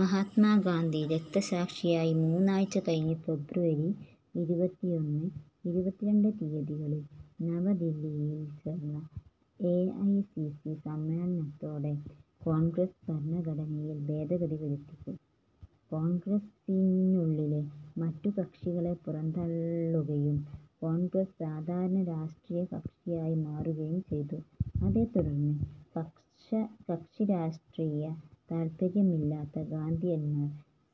മഹാത്മാ ഗാന്ധി രക്തസാക്ഷിയായി മൂന്നാഴ്ച കഴിഞ്ഞ് ഫെബ്രുവരി ഇരുപത്തിയൊന്ന്, ഇരുപത്തിരണ്ട് തീയതികളിൽ നവദില്ലിയിൽ ചേർന്ന എ ഐ സി സി സമ്മേളനത്തോടെ കോൺഗ്രസ് ഭരണഘടനയിൽ ഭേദഗതി വരുത്തി കോൺഗ്രസിനുള്ളിലെ മറ്റു കക്ഷികളെ പുറന്തള്ളുകയും കോൺഗ്രസ് സാധാരണ രാഷ്ട്രീയ കക്ഷിയായി മാറുകയും ചെയ്തു. അതേത്തുടർന്ന് കക്ഷിരാഷ്ട്രീയ താൽപര്യമില്ലാത്ത ഗാന്ധിയന്മാർ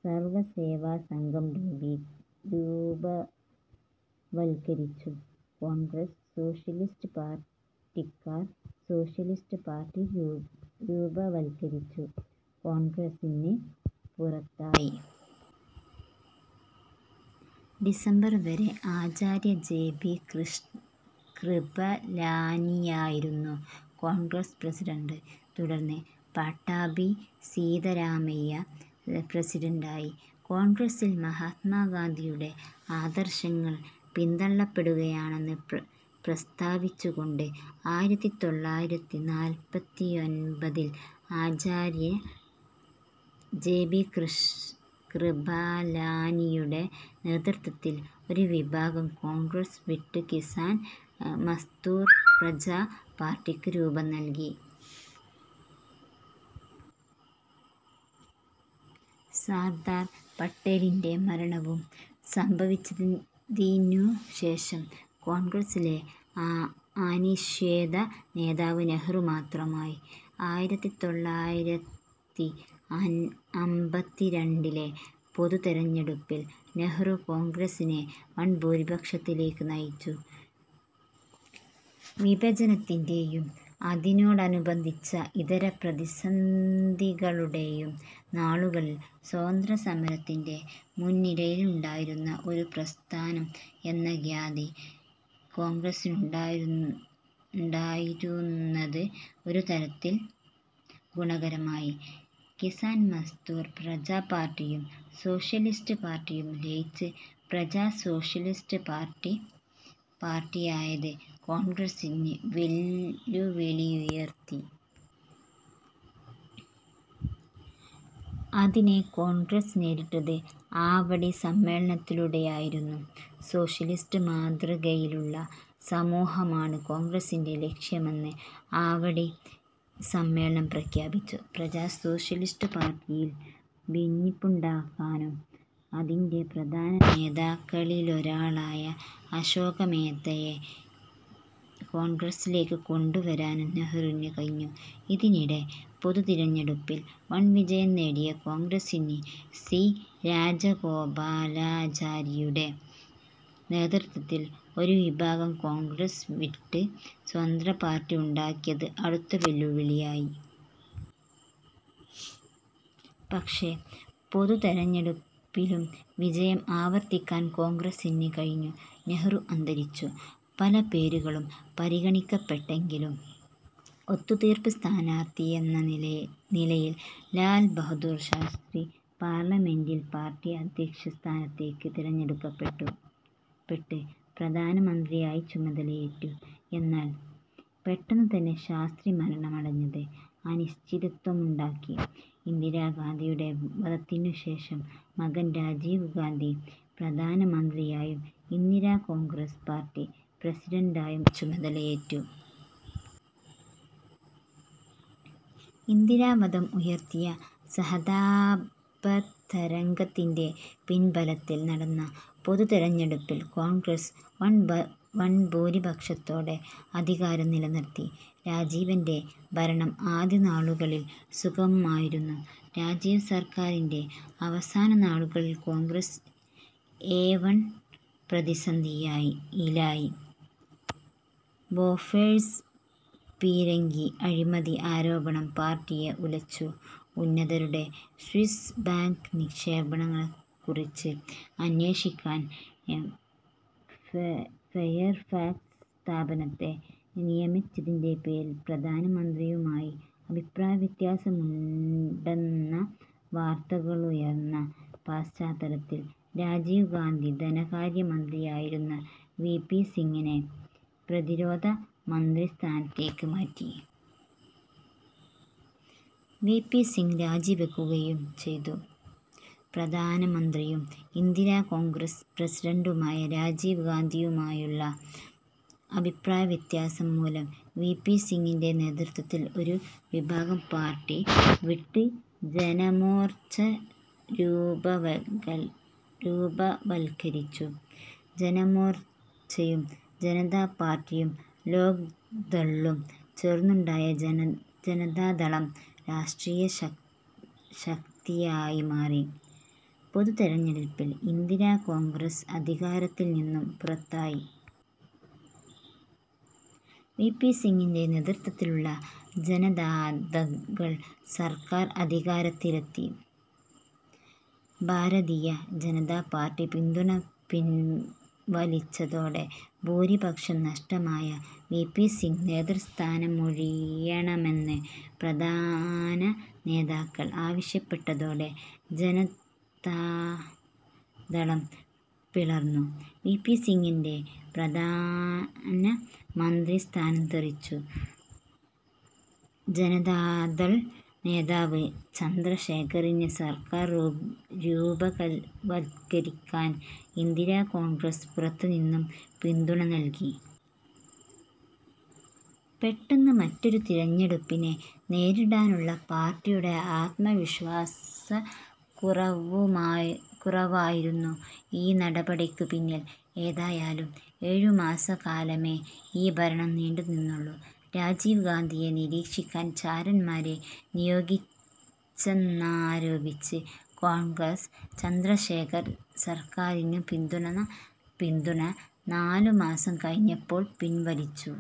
സർവ സേവാ സംഘം രൂപവൽക്കരിച്ചും കോൺഗ്രസ് സോഷ്യലിസ്റ്റ് പാർട്ടിക്കാർ സോഷ്യലിസ്റ്റ് പാർട്ടി രൂപവൽക്കരിച്ചും കോൺഗ്രസിന് പുറത്തായി. ഡിസംബർ വരെ ആചാര്യ ജെ ബി കൃപലാനിയായിരുന്നു കോൺഗ്രസ് പ്രസിഡന്റ്. തുടർന്ന് പട്ടാഭി സീതാരാമയ്യ പ്രസിഡന്റായി. കോൺഗ്രസിൽ മഹാത്മാഗാന്ധിയുടെ ആദർശങ്ങൾ പിന്തള്ളപ്പെടുകയാണെന്ന് പ്രസ്താവിച്ചുകൊണ്ട് ആയിരത്തി തൊള്ളായിരത്തി നാല്പത്തിയൊൻപതിൽ ആചാര്യ ജെ ബി കൃപലാനിയുടെ നേതൃത്വത്തിൽ ഒരുവിഭാഗം കോൺഗ്രസ് വിട്ട് കിസാൻ മസ്ദൂർ പ്രജാ പാർട്ടിക്ക് രൂപം നൽകി. സർദാർ പട്ടേലിൻ്റെ മരണവും സംഭവിച്ചതിനുശേഷം കോൺഗ്രസിലെ അനിഷേധ്യ നേതാവ് നെഹ്രു മാത്രമായി. ആയിരത്തി തൊള്ളായിരത്തി അമ്പത്തിരണ്ടിലെ പൊതു തിരഞ്ഞെടുപ്പിൽ നെഹ്രു കോൺഗ്രസിനെ വൻഭൂരിപക്ഷത്തിലേക്ക് നയിച്ചു. വിഭജനത്തിൻ്റെ യും അതിനോടനുബന്ധിച്ച ഇതര പ്രതിസന്ധികളുടെയും നാളുകളിൽ സ്വാതന്ത്ര്യസമരത്തിൻ്റെ മുൻനിരയിലുണ്ടായിരുന്ന ഒരു പ്രസ്ഥാനം എന്ന ഖ്യാതി കോൺഗ്രസിനുണ്ടായിരുന്നത് ഒരുതരത്തിൽ ഗുണകരമായി. കിസാൻ മസ്ദൂർ പ്രജാ പാർട്ടിയും സോഷ്യലിസ്റ്റ് പാർട്ടിയും ലയിച്ച് പ്രജാ സോഷ്യലിസ്റ്റ് പാർട്ടിയായത് കോൺഗ്രസിന് വെല്ലുവിളിയുയർത്തി. അതിനെ കോൺഗ്രസ് നേരിട്ടത് ആവടി സമ്മേളനത്തിലൂടെയായിരുന്നു. സോഷ്യലിസ്റ്റ് മാതൃകയിലുള്ള സമൂഹമാണ് കോൺഗ്രസിൻ്റെ ലക്ഷ്യമെന്ന് ആവടി സമ്മേളനം പ്രഖ്യാപിച്ചു. പ്രജാ സോഷ്യലിസ്റ്റ് പാർട്ടിയിൽ ഭിന്നിപ്പുണ്ടാക്കാനും അതിൻ്റെ പ്രധാന നേതാക്കളിലൊരാളായ അശോക മേത്തയെ കോൺഗ്രസിലേക്ക് കൊണ്ടുവരാനും നെഹ്രുവിന് കഴിഞ്ഞു. ഇതിനിടെ പൊതു തിരഞ്ഞെടുപ്പിൽ വൻവിജയം നേടിയ കോൺഗ്രസിന് സി രാജഗോപാലാചാരിയുടെ നേതൃത്വത്തിൽ ഒരു വിഭാഗം കോൺഗ്രസ് വിട്ട് സ്വതന്ത്ര പാർട്ടിയുണ്ടാക്കിയത് അടുത്ത വെല്ലുവിളിയായി. പക്ഷേ, പൊതു തിരഞ്ഞെടുപ്പിലും വിജയം ആവർത്തിക്കാൻ കോൺഗ്രസിന് കഴിഞ്ഞു. നെഹ്രു അന്തരിച്ചു. പല പേരുകളും പരിഗണിക്കപ്പെട്ടെങ്കിലും ഒത്തുതീർപ്പ് സ്ഥാനാർഥി എന്ന നിലയിൽ ലാൽ ബഹാദൂർ ശാസ്ത്രി പാർലമെന്ററി പാർട്ടി അധ്യക്ഷസ്ഥാനത്തേക്ക് തിരഞ്ഞെടുക്കപ്പെട്ട് പ്രധാനമന്ത്രിയായി ചുമതലയേറ്റു. എന്നാൽ പെട്ടെന്നുതന്നെ ശാസ്ത്രി മരണമടഞ്ഞത് അനിശ്ചിതത്വമുണ്ടാക്കി. ഇന്ദിരാ ഗാന്ധിയുടെ വധത്തിനുശേഷം മകൻ രാജീവ് ഗാന്ധി പ്രധാനമന്ത്രിയായും ഇന്ദിരാ കോൺഗ്രസ് പാർട്ടി പ്രസിഡന്റായും ചുമതലയേറ്റു. ഇന്ദിരാ വധം ഉയർത്തിയ സഹതാപതരംഗത്തിൻ്റെ പിൻബലത്തിൽ നടന്ന പൊതു തിരഞ്ഞെടുപ്പിൽ കോൺഗ്രസ് വൻഭൂരിപക്ഷത്തോടെ അധികാരം നിലനിർത്തി. രാജീവിൻ്റെ ഭരണം ആദ്യ നാളുകളിൽ സുഗമമായിരുന്നു. രാജീവ് സർക്കാരിൻ്റെ അവസാന നാളുകളിൽ കോൺഗ്രസ് ഐ വൻ പ്രതിസന്ധിയിലായി. ബോഫോഴ്സ് പീരങ്കി അഴിമതി ആരോപണം പാർട്ടിയെ ഉലച്ചു. ഉന്നതരുടെ സ്വിസ് ബാങ്ക് നിക്ഷേപങ്ങളെക്കുറിച്ച് അന്വേഷിക്കാൻ ഫെയർഫാക്സ് സ്ഥാപനത്തെ നിയമിച്ചതിൻ്റെ പേരിൽ പ്രധാനമന്ത്രിയുമായി അഭിപ്രായവ്യത്യാസങ്ങളുണ്ടെന്ന വാർത്തകളുയർന്ന പശ്ചാത്തലത്തിൽ രാജീവ് ഗാന്ധി ധനകാര്യ മന്ത്രിയായിരുന്ന വി പി സിംഗിനെ പ്രതിരോധ മന്ത്രിസ്ഥാനത്തേക്ക് മാറ്റി. വി പി സിംഗ് രാജിവയ്ക്കുകയും ചെയ്തു. പ്രധാനമന്ത്രിയും ഇന്ദിരാ കോൺഗ്രസ് പ്രസിഡന്റുമായ രാജീവ് ഗാന്ധിയുമായുള്ള അഭിപ്രായവ്യത്യാസം മൂലം വി പി സിംഗിൻ്റെ നേതൃത്വത്തിൽ ഒരു വിഭാഗം പാർട്ടി വിട്ട് ജനമോർച്ച രൂപവൽക്കരിച്ചു. ജനമോർച്ചയും ജനതാ പാർട്ടിയും ലോക് ദളും ചേർന്നുണ്ടായ ജനതാദളം രാഷ്ട്രീയശക്തിയായി മാറി. പൊതു തിരഞ്ഞെടുപ്പിൽ ഇന്ദിരാ കോൺഗ്രസ് അധികാരത്തിൽനിന്നും പുറത്തായി. വി പി സിംഗിൻ്റെ നേതൃത്വത്തിലുള്ള ജനതാദൾ സർക്കാർ അധികാരത്തിലെത്തി. ഭാരതീയ ജനതാ പാർട്ടി പിന്തുണ പിൻവലിച്ചതോടെ ഭൂരിപക്ഷം നഷ്ടമായ വി പി സിംഗ് നേതൃസ്ഥാനമൊഴിയണമെന്ന് പ്രധാനനേതാക്കൾ ആവശ്യപ്പെട്ടതോടെ ജനതാദളം പിളർന്നു. വി പി സിംഗിൻ്റെ പ്രധാനമന്ത്രിസ്ഥാനം തെറിച്ചു. ജനതാദൾ നേതാവ് ചന്ദ്രശേഖറിന് സർക്കാർ രൂപവത്കരിക്കാൻ ഇന്ദിരാ കോൺഗ്രസ് പുറത്തുനിന്ന് പിന്തുണ നൽകി. പെട്ടെന്ന് മറ്റൊരു തിരഞ്ഞെടുപ്പിനെ നേരിടാനുള്ള പാർട്ടിയുടെ ആത്മവിശ്വാസക്കുറവായിരുന്നു ഈ നടപടിക്കു പിന്നിൽ. ഏതായാലും ഏഴുമാസക്കാലമേ ഈ ഭരണം നീണ്ടുനിന്നുള്ളൂ. രാജീവ് ഗാന്ധിയെ നിരീക്ഷിക്കാൻ ചാരന്മാരെ നിയോഗിച്ചെന്നാരോപിച്ച് കോൺഗ്രസ് ചന്ദ്രശേഖർ സർക്കാരിനുള്ള പിന്തുണ നാലുമാസം കഴിഞ്ഞപ്പോൾ പിൻവലിച്ചു.